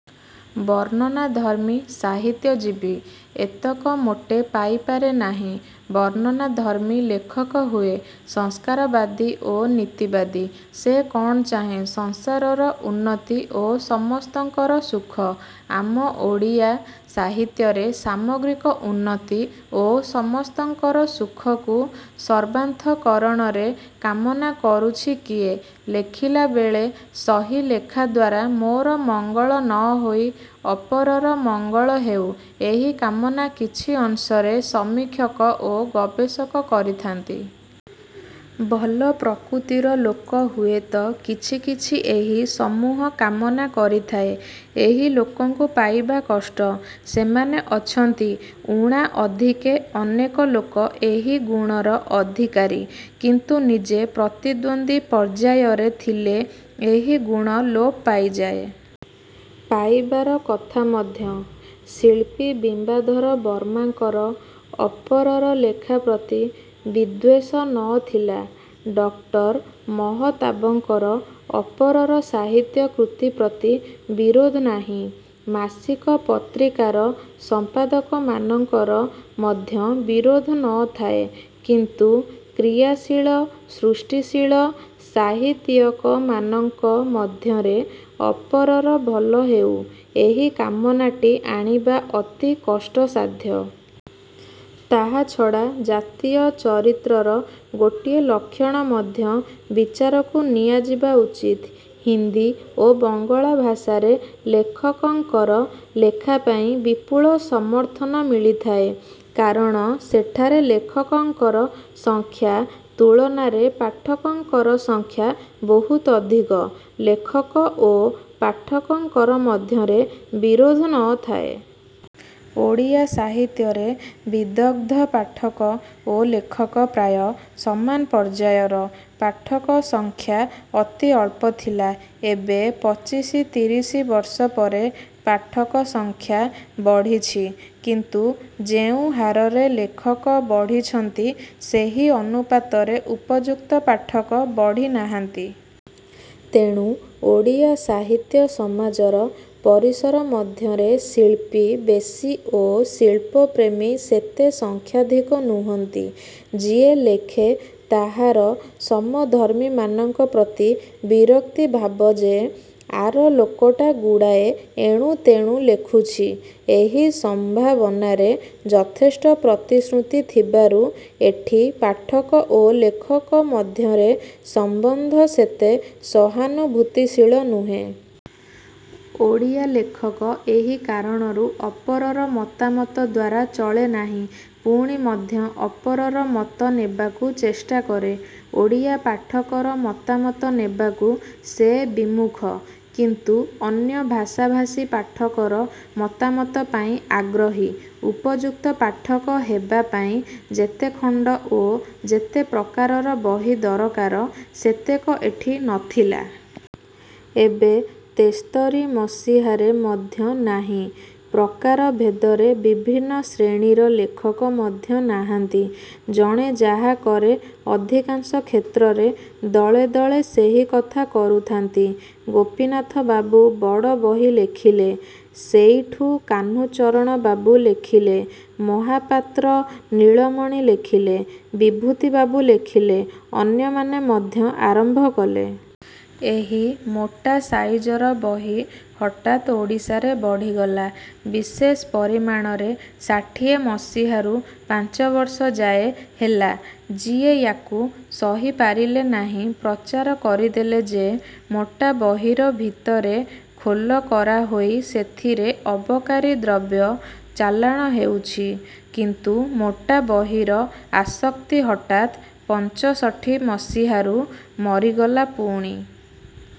ବର୍ଣ୍ଣନାଧର୍ମ୍ମୀ ସାହିତ୍ୟ-ଜୀବୀ ଏତକ ମୋଟେ ପାଇପାରେ ନାହିଁ। ବର୍ଣ୍ଣନାଧର୍ମ୍ମୀ ଲେଖକ ହୁଏ ସଂସ୍କାରବାଦୀ ଓ ନୀତିବାଦୀ। ସେ କ'ଣ ଚାହେଁ ସଂସାରର ଉନ୍ନତି ଓ ସମସ୍ତଙ୍କର ସୁଖ? ଆମ ଓଡ଼ିଆ ସାହିତ୍ୟରେ ସାମଗ୍ରିକ ଉନ୍ନତି ଓ ସମସ୍ତଙ୍କର ସୁଖକୁ ସର୍ବାନ୍ତଃକରଣରେ କାମନା କରୁଛି କିଏ? ଲେଖିଲାବେଳେ ସହି ଲେଖା ଦ୍ୱାରା ମୋର ମଙ୍ଗଳ ନ ହୋଇ ଅପରର ମଙ୍ଗଳ ହେଉ-ଏହି କାମନା କିଛି ଅଂଶରେ ସମୀକ୍ଷକ ଓ ଗବେଶକ କରିଥାନ୍ତି। ଭଲ ପ୍ରକୃତିର ଲୋକ ହୁଏ ତ କିଛି କିଛି ଏହି ସମୁହ କାମନା କରିଥାଏ। ଏହି ଲୋକଙ୍କୁ ପାଇବା କଷ୍ଟ। ସେମାନେ ଅଛନ୍ତି। ଊଣା ଅଧିକେ ଅନେକ ଲୋକ ଏହି ଗୁଣର ଅଧିକାରୀ। କିନ୍ତୁ ନିଜେ ପ୍ରତିଦ୍ୱନ୍ଦୀ ପର୍ଯ୍ୟାୟରେ ଥିଲେ ଏହି ଗୁଣ ଲୋପ ପାଇଯାଏ। -ପାଇବାର କଥା ମଧ୍ୟ। ଶିଳ୍ପୀ ବିମ୍ବାଧର ବର୍ମାଙ୍କର ଅପରର ଲେଖା ପ୍ରତି ବିଦ୍ୱେଷ ନ ଥିଲା। ଡକ୍ଟର ମହତାବଙ୍କର ଅପରର ସାହିତ୍ୟ କୃତି ପ୍ରତି ବିରୋଧ ନାହିଁ। ମାସିକ ପତ୍ରିକାର ସମ୍ପାଦକମାନଙ୍କର ମଧ୍ୟ ବିରୋଧ ନ ଥାଏ। କିନ୍ତୁ କ୍ରିୟାଶୀଳ, ସୃଷ୍ଟିଶୀଳ ସାହିତ୍ୟିକମାନଙ୍କ ମଧ୍ୟରେ ଅପରର ଭଲ ହେଉ-ଏହି କାମନାଟି ଆଣିବା ଅତି କଷ୍ଟସାଧ୍ୟ। ତାହାଛଡ଼ା ଜାତୀୟ ଚରିତ୍ରର ଗୋଟିଏ ଲକ୍ଷଣ ମଧ୍ୟ ବିଚାରକୁ ନିଆଯିବା ଉଚିତ୍। ହିନ୍ଦି ଓ ବଙ୍ଗଳା ଭାଷାରେ ଲେଖକଙ୍କର ଲେଖା ପାଇଁ ବିପୁଳ ସମର୍ଥନ ମିଳିଥାଏ। କାରଣ ସେଠାରେ ଲେଖକର ସଂଖ୍ୟା ତୁଳନାରେ ପାଠକଙ୍କର ସଂଖ୍ୟା ବହୁତ ଅଧିକ। ଲେଖକ ଓ ପାଠକଙ୍କର ମଧ୍ୟରେ ବିରୋଧ ନ ଥାଏ। ଓଡ଼ିଆ ସାହିତ୍ୟରେ ବିଦଗ୍ଧ ପାଠକ ଓ ଲେଖକ ପ୍ରାୟ ସମାନ ପର୍ଯ୍ୟାୟର। ପାଠକ ସଂଖ୍ୟା ଅତି ଅଳ୍ପ ଥିଲା। ଏବେ ପଚିଶି ତିରିଶି ବର୍ଷ ପରେ ପାଠକ ସଂଖ୍ୟା। ବଢ଼ିଛି। କିନ୍ତୁ ଯେଉଁ ହାରରେ ଲେଖକ ବଢ଼ିଛନ୍ତି ସେହି ଅନୁପାତରେ ଉପଯୁକ୍ତ ପାଠକ ବଢ଼ି ନାହାନ୍ତି। ତେଣୁ ଓଡ଼ିଆ ସାହିତ୍ୟ ସମାଜର ପରିସର ମଧ୍ୟରେ ଶିଳ୍ପୀ ବେଶି ଓ ଶିଳ୍ପପ୍ରେମୀ ସେତେ ସଂଖ୍ୟାଧିକ ନୁହନ୍ତି। ଯିଏ, ଲେଖେ, ତାହାର ସମଧର୍ମୀମାନଙ୍କ ପ୍ରତି ବିରକ୍ତି ଭାବ ଯେ, ଆର ଲୋକଟା ଗୁଡ଼ାଏ ଏଣୁତେଣୁ ଲେଖୁଛି। ଏହି ସମ୍ଭାବନାର ଯଥେଷ୍ଟ ପ୍ରତିଶୃତି ଥିବାରୁ ଏଠି ପାଠକ ଓ ଲେଖକ ମଧ୍ୟରେ ସମ୍ବନ୍ଧ ସେତେ ସହାନୁଭୂତିଶୀଳ ନୁହେଁ। ଓଡ଼ିଆ ଲେଖକ ଏହି କାରଣରୁ ଅପରର ମତାମତ ଦ୍ୱାରା ଚଳେ ନାହିଁ। ପୁଣି ମଧ୍ୟ ଅପରର ମତ ନେବାକୁ ଚେଷ୍ଟା କରେ। ଓଡ଼ିଆ ପାଠକର ମତାମତ ନେବାକୁ ସେ ବିମୁଖ। କିନ୍ତୁ ଅନ୍ୟ ଭାଷାଭାଷୀ ପାଠକର ମତାମତ ପାଇଁ ଆଗ୍ରହୀ। ଉପଯୁକ୍ତ ପାଠକ ହେବା ପାଇଁ ଯେତେଖଣ୍ତ ଓ ଯେତେ ପ୍ରକାରର ବହି ଦରକାର ସେତକ ଏଠି ନଥିଲା। ଏବେ ତେସ୍ତରୀ ମସିହାରେ ମଧ୍ୟ ନାହିଁ। ପ୍ରକାରଭେଦରେ ବିଭିନ୍ନ ଶ୍ରେଣୀର ଲେଖକ ମଧ୍ୟ ନାହାନ୍ତି। ଜଣେ ଯାହା କରେ ଅଧିକାଂଶ କ୍ଷେତ୍ରରେ ଦଳେଦଳେ ସେହି କଥା କରୁଥାନ୍ତି। ଗୋପୀନାଥବାବୁ ବଡ଼ ବହି ଲେଖିଲେ। ସେଇଠୁ କାହ୍ନୁଚରଣବାବୁ ଲେଖିଲେ। ମହାପାତ୍ର ନୀଳମଣି ଲେଖିଲେ। ବିଭୁତିବାବୁ ଲେଖିଲେ। ଅନ୍ୟମାନେ ମଧ୍ୟ ଆରମ୍ଭ କଲେ। ଏହି ମୋଟା ସାଇଜର ବହି ହଠାତ୍ ଓଡ଼ିଶାରେ ବଢ଼ିଗଲା। ବିଶେଷ ପରିମାଣରେ ଷାଠିଏ ମସିହାରୁ ପାଞ୍ଚବର୍ଷ ଯାଏ ହେଲା। ଯିଏ ୟାକୁ ସହି ପାରିଲେ ନାହିଁ ପ୍ରଚାର କରିଦେଲେ ଯେ ମୋଟା ବହିର ଭିତରେ ଖୋଲ କରା ହୋଇ ସେଥିରେ ଅବକାରୀ ଦ୍ରବ୍ୟ ଚାଲାଣ ହେଉଛି। କିନ୍ତୁ ମୋଟା ବହିର ଆସକ୍ତି ହଠାତ୍ ପଞ୍ଚଷଠି ମସିହାରୁ କମିଗଲା। ପୁଣି